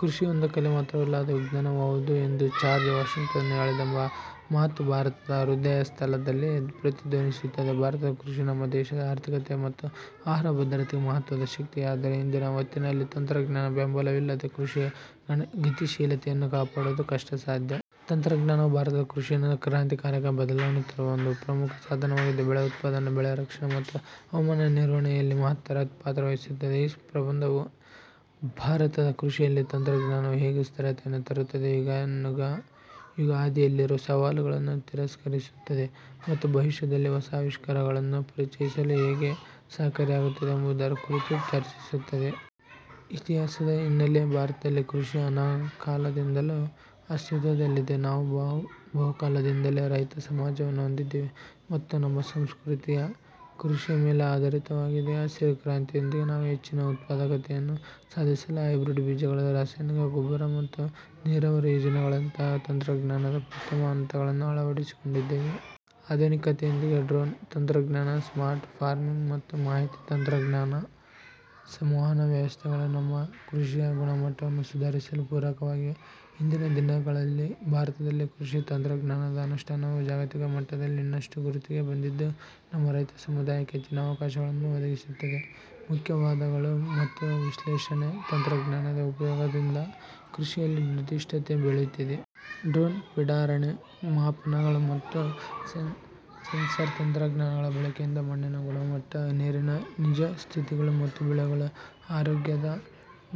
"ಕೃಷಿ ಒಂದು ಕಲೆ ಮಾತ್ರವಲ್ಲ, ಅದು ವಿಜ್ಞಾನವೂ ಹೌದು" ಎಂದು ಜಾರ್ಜ್ ವಾಷಿಂಗ್ಟನ್ ಹೇಳಿದ ಮಾತು ಭಾರತದ ಹೃದಯಸ್ಥಲದಲ್ಲಿ ಪ್ರತಿಧ್ವನಿಸುತ್ತದೆ. ಭಾರತದ ಕೃಷಿ, ನಮ್ಮ ದೇಶದ ಆರ್ಥಿಕತೆ ಮತ್ತು ಆಹಾರ ಭದ್ರತೆಗೆ ಮಹತ್ವದ ಶಕ್ತಿ. ಆದರೆ ಇಂದಿನ ಹೊತ್ತಿನಲ್ಲಿ, ತಂತ್ರಜ್ಞಾನದ ಬೆಂಬಲವಿಲ್ಲದೆ ಕೃಷಿಯು ಗತಿಶೀಲತೆಯನ್ನು ಕಾಪಾಡುವುದು ಕಷ್ಟಸಾಧ್ಯ. ತಂತ್ರಜ್ಞಾನವು ಭಾರತದ ಕೃಷಿಯನ್ನು ಕ್ರಾಂತಿಕಾರಕ ಬದಲಾವಣೆ ತರುವ ಒಂದು ಪ್ರಮುಖ ಸಾಧನವಾಗಿದ್ದು, ಬೆಳೆ ಉತ್ಪಾದನೆ, ಬೆಳೆ ರಕ್ಷಣೆ, ಮತ್ತು ಹವಾಮಾನ ನಿರ್ವಹಣೆಯಲ್ಲಿ ಮಹತ್ತರ ಪಾತ್ರ ವಹಿಸುತ್ತದೆ. ಈ ಪ್ರಬಂಧವು, ಭಾರತದ ಕೃಷಿಯಲ್ಲಿ ತಂತ್ರಜ್ಞಾನವು ಹೇಗೆ ಸ್ಥಿರತೆಯನ್ನು ತರುತ್ತದೆ, ಯುಗಾನುಯುಗ ಹಾದಿಯಲ್ಲಿರುವ ಸವಾಲುಗಳನ್ನು ತಿರಸ್ಕರಿಸುತ್ತದೆ, ಮತ್ತು ಭವಿಷ್ಯದಲ್ಲಿ ಹೊಸ ಆವಿಷ್ಕಾರಗಳನ್ನು ಪರಿಚಯಿಸಲು ಹೇಗೆ ಸಹಕಾರಿಯಾಗುತ್ತದೆ ಎಂಬುದರ ಕುರಿತು ಚರ್ಚಿಸುತ್ತದೆ. ಇತಿಹಾಸದ ಹಿನ್ನಲೆ ಭಾರತದಲ್ಲಿ ಕೃಷಿ ಅನಾದಿಕಾಲದಿಂದಲೂ ಅಸ್ತಿತ್ವದಲ್ಲಿದೆ. ನಾವು ಬಹುಕಾಲದಿಂದಲೇ ರೈತ ಸಮಾಜವನ್ನು ಹೊಂದಿದ್ದೇವೆ, ಮತ್ತು ನಮ್ಮ ಸಂಸ್ಕೃತಿ ಕೃಷಿಯ ಮೇಲೆ ಆಧಾರಿತವಾಗಿದೆ. ಹಸಿರು ಕ್ರಾಂತಿಯೊಂದಿಗೆ, ನಾವು ಹೆಚ್ಚಿನ ಉತ್ಪಾದಕತೆಯನ್ನು ಸಾಧಿಸಲು ಹೈಬ್ರಿಡ್ ಬೀಜಗಳು, ರಾಸಾಯನಿಕ ಗೊಬ್ಬರ, ಮತ್ತು ನೀರಾವರಿ ಯೋಜನೆಗಳಂತಹ ತಂತ್ರಜ್ಞಾನದ ಪ್ರಥಮ ಹಂತಗಳನ್ನು ಅಳವಡಿಸಿಕೊಂಡಿದ್ದೇವೆ. ಆಧುನಿಕತೆಯೊಂದಿಗೆ, ಡ್ರೋನ್ ತಂತ್ರಜ್ಞಾನ, ಸ್ಮಾರ್ಟ್ ಫಾರ್ಮಿಂಗ್, ಮತ್ತು ಮಾಹಿತಿ ತಂತ್ರಜ್ಞಾನ ಸಂವಹನ ವ್ಯವಸ್ಥೆಗಳು ನಮ್ಮ ಕೃಷಿಯ ಗುಣಮಟ್ಟವನ್ನು ಸುಧಾರಿಸಲು ಪೂರಕವಾಗಿವೆ. ಇಂದಿನ ದಿನಗಳಲ್ಲಿ, ಭಾರತದಲ್ಲಿ ಕೃಷಿ ತಂತ್ರಜ್ಞಾನದ ಅನುಷ್ಠಾನವು ಜಾಗತಿಕ ಮಟ್ಟದಲ್ಲಿ ಇನ್ನಷ್ಟು ಗುರುತಿಗೆ ಬಂದಿದ್ದು, ನಮ್ಮ ರೈತ ಸಮುದಾಯಕ್ಕೆ ಹೆಚ್ಚಿನ ಅವಕಾಶಗಳನ್ನು ಒದಗಿಸುತ್ತಿದೆ. ಮುಖ್ಯ ವಾದಗಳು ಮತ್ತು ವಿಶ್ಲೇಷಣೆ ತಂತ್ರಜ್ಞಾನದ ಉಪಯೋಗದಿಂದ ಕೃಷಿಯಲ್ಲಿ ನಿರ್ದಿಷ್ಟತೆ ಬೆಳೆಯುತ್ತಿದೆ. ಡ್ರೋನ್ ಪಿಡಾರಣೆ, ಮಾಪನಗಳು, ಮತ್ತು ಸೆನ್ಸಾರ್ ತಂತ್ರಜ್ಞಾನಗಳ ಬಳಕೆಯಿಂದ ಮಣ್ಣಿನ ಗುಣಮಟ್ಟ, ನೀರಿನ ನಿಜಸ್ಥಿತಿಗಳು, ಮತ್ತು ಬೆಳೆಗಳ ಆರೋಗ್ಯದ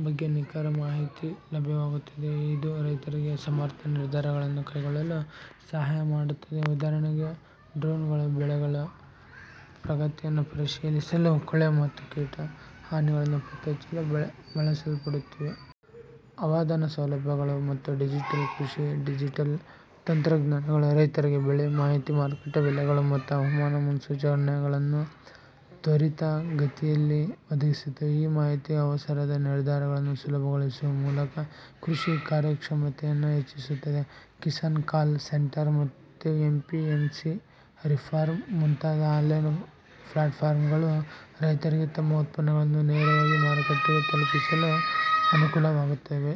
ಬಗ್ಗೆ ನಿಖರ ಮಾಹಿತಿ ಲಭ್ಯವಾಗುತ್ತಿದೆ. ಇದು ರೈತರಿಗೆ ಸಮರ್ಥ ನಿರ್ಧಾರಗಳನ್ನು ಕೈಗೊಳ್ಳಲು ಸಹಾಯ ಮಾಡುತ್ತದೆ. ಉದಾಹರಣೆಗೆ, ಡ್ರೋನ್ಗಳು ಬೆಳೆಗಳ ಪ್ರಗತಿಯನ್ನು ಪರಿಶೀಲಿಸಲು, ಕೊಳೆ ಮತ್ತು ಕೀಟ ಹಾನಿಗಳನ್ನು ಪತ್ತೆಹಚ್ಚಲು ಬಳಸಲ್ಪಡುತ್ತಿವೆ. ಅವಧಾನ ಸೌಲಭ್ಯಗಳು ಮತ್ತು ಡಿಜಿಟಲ್ ಕೃಷಿ ಡಿಜಿಟಲ್ ತಂತ್ರಜ್ಞಾನಗಳು ರೈತರಿಗೆ ಬೆಳೆ ಮಾಹಿತಿ, ಮಾರುಕಟ್ಟೆ ಬೆಲೆಗಳು, ಮತ್ತು ಹವಾಮಾನ ಮುನ್ಸೂಚನೆಗಳನ್ನು ತ್ವರಿತಗತಿಯಲ್ಲಿ ಒದಗಿಸುತ್ತವೆ. ಈ ಮಾಹಿತಿ ಅವಸರದ ನಿರ್ಧಾರಗಳನ್ನು ಸುಲಭಗೊಳಿಸುವ ಮೂಲಕ ಕೃಷಿ ಕಾರ್ಯಕ್ಷಮತೆಯನ್ನು ಹೆಚ್ಚಿಸುತ್ತದೆ. 'ಕಿಸಾನ್ ಕಾಲ್ ಸೆಂಟರ್' ಮತ್ತು 'ಎಪಿಎಂಸಿ ರಿಫಾರ್ಮ್ಸ್' ಮುಂತಾದ ಆನ್ಲೈನ್ ಪ್ಲಾಟ್ಫಾರ್ಮ್ಗಳು, ರೈತರಿಗೆ ತಮ್ಮ ಉತ್ಪನ್ನಗಳನ್ನು ನೇರವಾಗಿ ಮಾರುಕಟ್ಟೆಗೆ ತಲುಪಿಸಲು ಅನುಕೂಲವಾಗುತ್ತವೆ.